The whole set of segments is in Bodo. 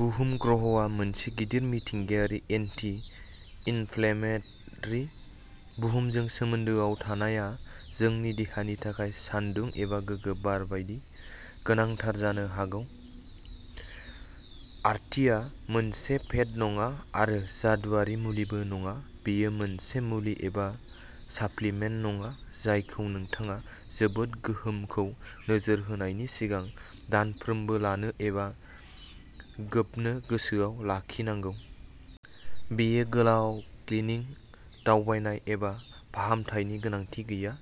बुहुम ग्रहआ मोनसे गिदिर मिथिंगायारि, एन्टि-इनफ्लेमेटरि। बुहुमजों सोमोन्दोआव थानाया जोंनि देहानि थाखाय सानदुं एबा गोगो बार बायदि गोनांथार जानो हागौ। आर्थिंआ मोनसे फेद नङा आरो जादुआरि मुलिबो नङा। बेयो मोनसे मुलि एबा साप्लिमेन्ट नङा जायखौ नोंथाङा जेबो गोहोमखौ नोजोर होनायनि सिगां दानफ्रोमबो लानो एबा गोबनो गोसोआव लाखिनांगौ। बेयो गोलाव क्लिनिक दावबायनाय एबा फाहामथायनि गोनांथि गैया।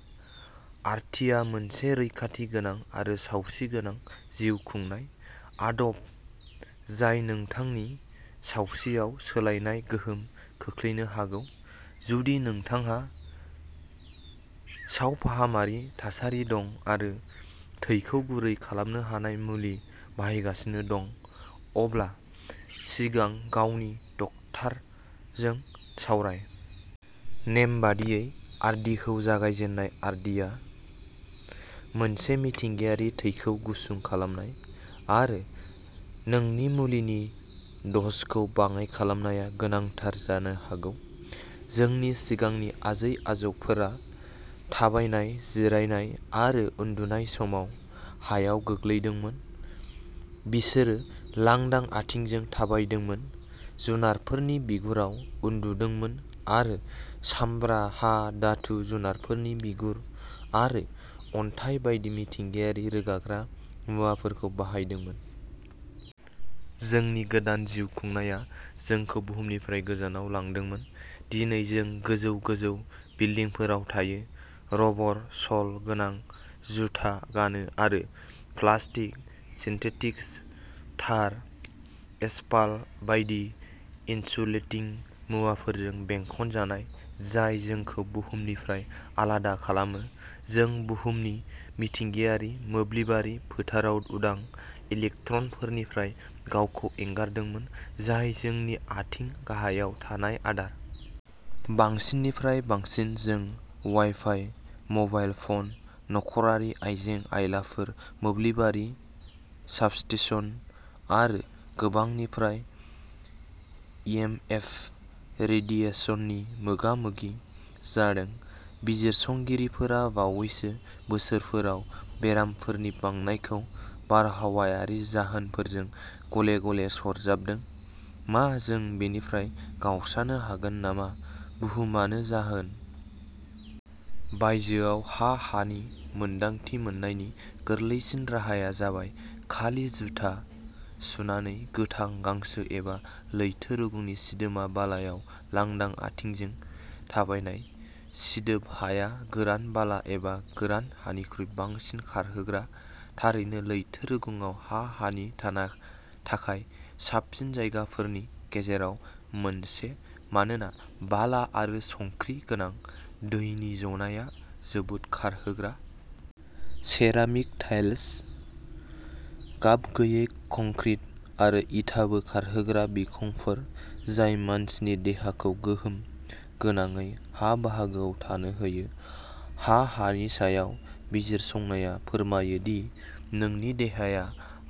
आर्थिंआ मोनसे रैखाथि गोनां आरो सावस्रिगोनां जिउ खुंनाय आदब जाय नोंथांनि सावस्रियाव सोलायनाय गोहोम खोख्लैनो हागौ। जुदि नोंथांहा सावफाहामारि थासारि दं आरो थैखौ गुरै खालामनो हानाय मुलि बाहायगासिनो दं, अब्ला सिगां गावनि डाक्टारजों सावराय। नेमबादियै आर्दिंखौ जागायजेननाय। आर्दिंआ मोनसे मिथिंगायारि थैखौ गुसुं खालामनाय आरो नोंनि मुलिनि द'जखौ बाङाइ खालामनाया गोनांथार जानो हागौ। जोंनि सिगांनि आजै-आजौफोरा थाबायनाय, जिरायनाय आरो उन्दुनाय समाव हायाव गोग्लैदोंमोन। बिसोरो लांदां आथिंजों थाबायदोंमोन, जुनारफोरनि बिगुराव उन्दुदोंमोन आरो सामब्रा, हा, धातु, जुनारफोरनि बिगुर आरो अन्थाइ बायदि मिथिंगायारि रोगाग्रा मुवाफोरखौ बाहायदोंमोन। जोंनि गोदान जिउ खुंनाया जोंखौ बुहुमनिफ्राय गोजानाव लांदोंमोन। दिनै जों गोजौ-गोजौ बिल्डिंफोराव थायो, रबर-सल गोनां जुथा गानो आरो प्लास्टिक, सिन्थेटिक्स, टार, एसफाल्ट बायदि इनसुलेटिं मुवाफोरजों बेंखनजानाय जाय जोंखौ बुहुमनिफ्राय आलादा खालामो। जों बुहुमनि मिथिंगायारि मोब्लिबारि फोथाराव उदां इलेक्ट्रनफोरनिफ्राय गावखौ एंगारदोंमोन, जाय जोंनि आथिंनि गाहायाव थानाय आदार। बांसिननिफ्राय बांसिन जों वाइफाइ, मबाइल फ'न, नखरारि आइजें-आइलाफोर, मोब्लिबारि साबस्टेशन आरो गोबांनिफ्राय इएमएफ रेडिएसननि मोगामोगि जादों। बिजिरसंगिरिफोरा बावैसो बोसोरफोराव बेरामफोरनि बांनायखौ बारहावायारि जाहोनफोरजों गले-गले सरजाबदों। मा जों बेनिफ्राय गावस्रानो हागोन नामा? बुहुमानो जाहोन? बायजोयाव हा-हानि मोन्दांथि मोननायनि गोरलैसिन राहाया जाबाय खालि जुथा सुनानै गोथां गांसो एबा लैथो रुगुंनि सिदोब बालायाव लांदां आथिंजों थाबायनाय-सिदोब हाया गोरान बाला एबा गोरान हानिख्रुइ बांसिन खारहोग्रा। थारैनो लैथो रुगुंआ हा-हानि थाखाय साबसिन जायगाफोरनि गेजेराव मोनसे मानोना बाला आरो संख्रि गोनां दैनि ज'नाया जोबोद खारहोग्रा। सेरामिक टाइल्स, गाबगैयै कंक्रिट आरो इटाबो खारहोग्रा बिखंफोर जाय मानसिनि देहाखौ गोहोम गोनाङै हा-बाहागोआव थानो होयो। हा-हानि सायाव बिजिरसंनाया फोरमायो दि नोंनि देहाया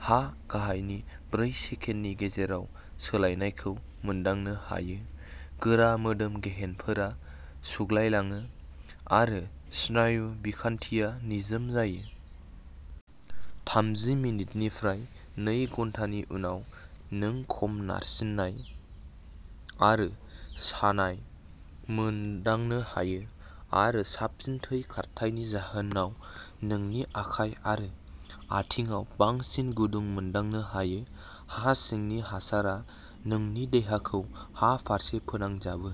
हा-गाहायनि ब्रै सेकेन्डनि गेजेराव सोलायनायखौ मोनदांनो हायो। गोरा मोदोम गेहेनफोरा सुग्लायलाङो आरो स्नायु बिखानथिया निजोम जायो। थामजि मिनिटनिफ्राय नै घन्टानि उनाव, नों खम नारसिननाय आरो सानाय मोनदांनो हायो, आरो साबसिन थै खारथायनि जाहोनाव नोंनि आखाइ आरो आथिंआव बांसिन गुदुं मोनदांनो हायो। हा-सिंनि हासारा नोंनि देहाखौ हा-फारसे फोनांजाबो।